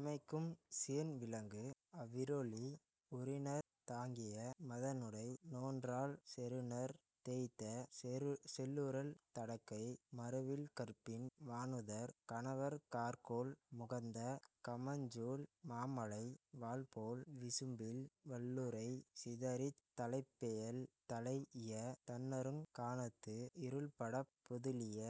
இமைக்கும் சேண்விளங்கு அவிரொளி உறுநர்த் தாங்கிய மதனுடை நோன்றாள் செறுநர்த் தேய்த்த செல்லுறழ் தடக்கை மறுவில் கற்பின் வாணுதற் கணவன் கார்கோள் முகந்த கமஞ்சூல் மாமழை வாள்போழ் விசும்பில் வள்ளுறை சிதறித் தலைப்பெயல் தலை இய தண்ணறுங் கானத்து இருள்படப் பொதுளிய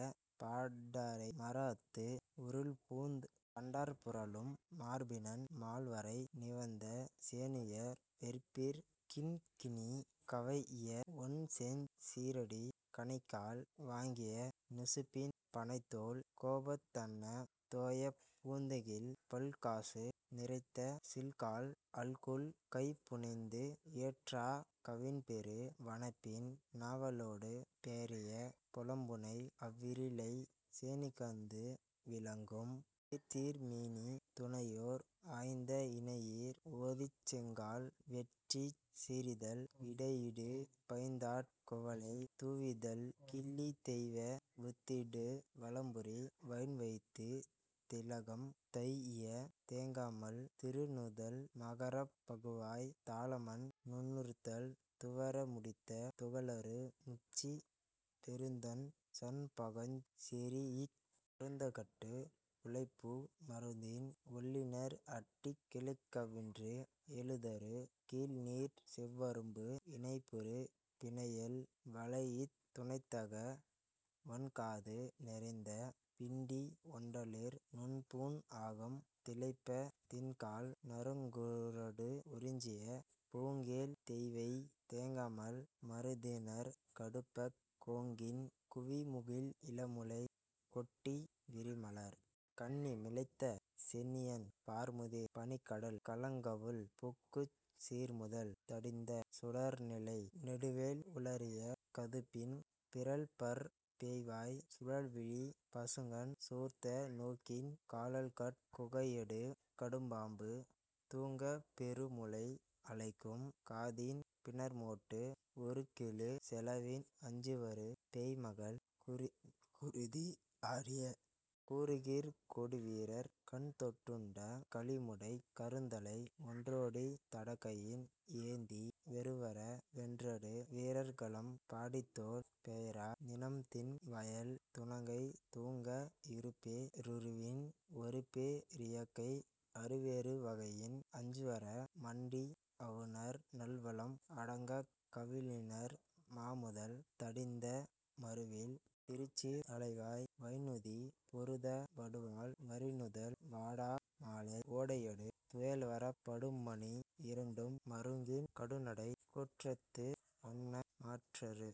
பராரை மராஅத்து உருள்பூந் தண்டார் புரளும் மார்பினன், மால்வரை நிவந்த சேணுயர் வெற்பிற் கிண்கிணி கவைஇய ஒண்செஞ் சீறடி, கணைக்கால் வாங்கிய நுசுப்பின், பணைத்தோள், கோபத் தன்ன தோயாப் பூந்துகில், பல்காசு நிரைத்த சில்காழ் அல்குல், கைபுனைந்து இயற்றாக் கவின்பெறு வனப்பின், நாவலொடு பெயரிய பொலம்புனை அவிரிழை, சேணிகந்து விளங்கும் செயிர்தீர் மேனி, துணையோர் ஆய்ந்த இணையீர் ஓதிச் செங்கால் வெட்சிச் சீறிதழ் இடையிடுபு பைந்தாட் குவளைத் தூவிதழ் கிள்ளித் தெய்வ வுத்தியடு வலம்புரி வயின்வைத்துத் திலகம் தைஇய தேங்கமழ் திருநுதல் மகரப் பகுவாய் தாழமண் ணுறுத்துத் துவர முடித்த துகளறு முச்சிப் பெருந்தண் சண்பகஞ் செரீஇக் கருந்தகட்டு உளைப்பூ மருதின் ஒள்ளிணர் அட்டிக் கிளைக்கவின்று எழுதரு கீழ்நீர்ச் செவ்வரும்பு இணைப்புறு பிணையல் வளைஇத் துணைத்தக வண்காது நிறைந்த பிண்டி ஒண்டளிர் நுண்பூண் ஆகம் திளைப்பத் திண்காழ் நறுங்குறடு உரிஞ்சிய பூங்கேழ்த் தேய்வை தேங்கமழ் மருதிணர் கடுப்பக் கோங்கின் குவிமுகிழ் இளமுலைக் கொட்டி விரிமலர் கண்ணி மிலைந்த சென்னியன், பார்முதிர் பனிக்கடல் கலங்கவுள் புக்குச் சூர்முதல் தடிந்த சுடரிலை நெடுவேல் உலறிய கதுப்பின் பிறழ்பற் பேழ்வாய்ச் சுழல்விழிப் பசுங்கண் சூர்த்த நோக்கின் கழல்கட் கூகையடு கடும்பாம்பு தூங்கப் பெருமுலை அலைக்கும் காதின் பிணர்மோட்டு உருகெழு செலவின் அஞ்சுவரு பேய்மகள் குருதி ஆடிய கூருகிர்க் கொடுவிரற் கண்தொட் டுண்ட கழிமுடைக் கருந்தலை ஒண்டொடித் தடக்கையின் ஏந்தி வெருவர வென்றடு விறற்களம் பாடித்தோள் பெயரா நிணம்தின் வாயள் துணங்கை தூங்க இருபே ருருவின் ஒருபே ரியாக்கை அறுவேறு வகையின் அஞ்சுவர மண்டி அவுணர் நல்வலம் அடங்கக் கவிழிணர் மாமுதல் தடிந்த மறுவில் திருச்சீர் அலைவாய் வைந்நுதி பொருத வடுவாழ் வரிநுதல் வாடா மாலை ஓடையடு துயல்வரப் படுமணி இரட்டும் மருங்கின் கடுநடைக் கூற்றத்து அன்ன மாற்றரு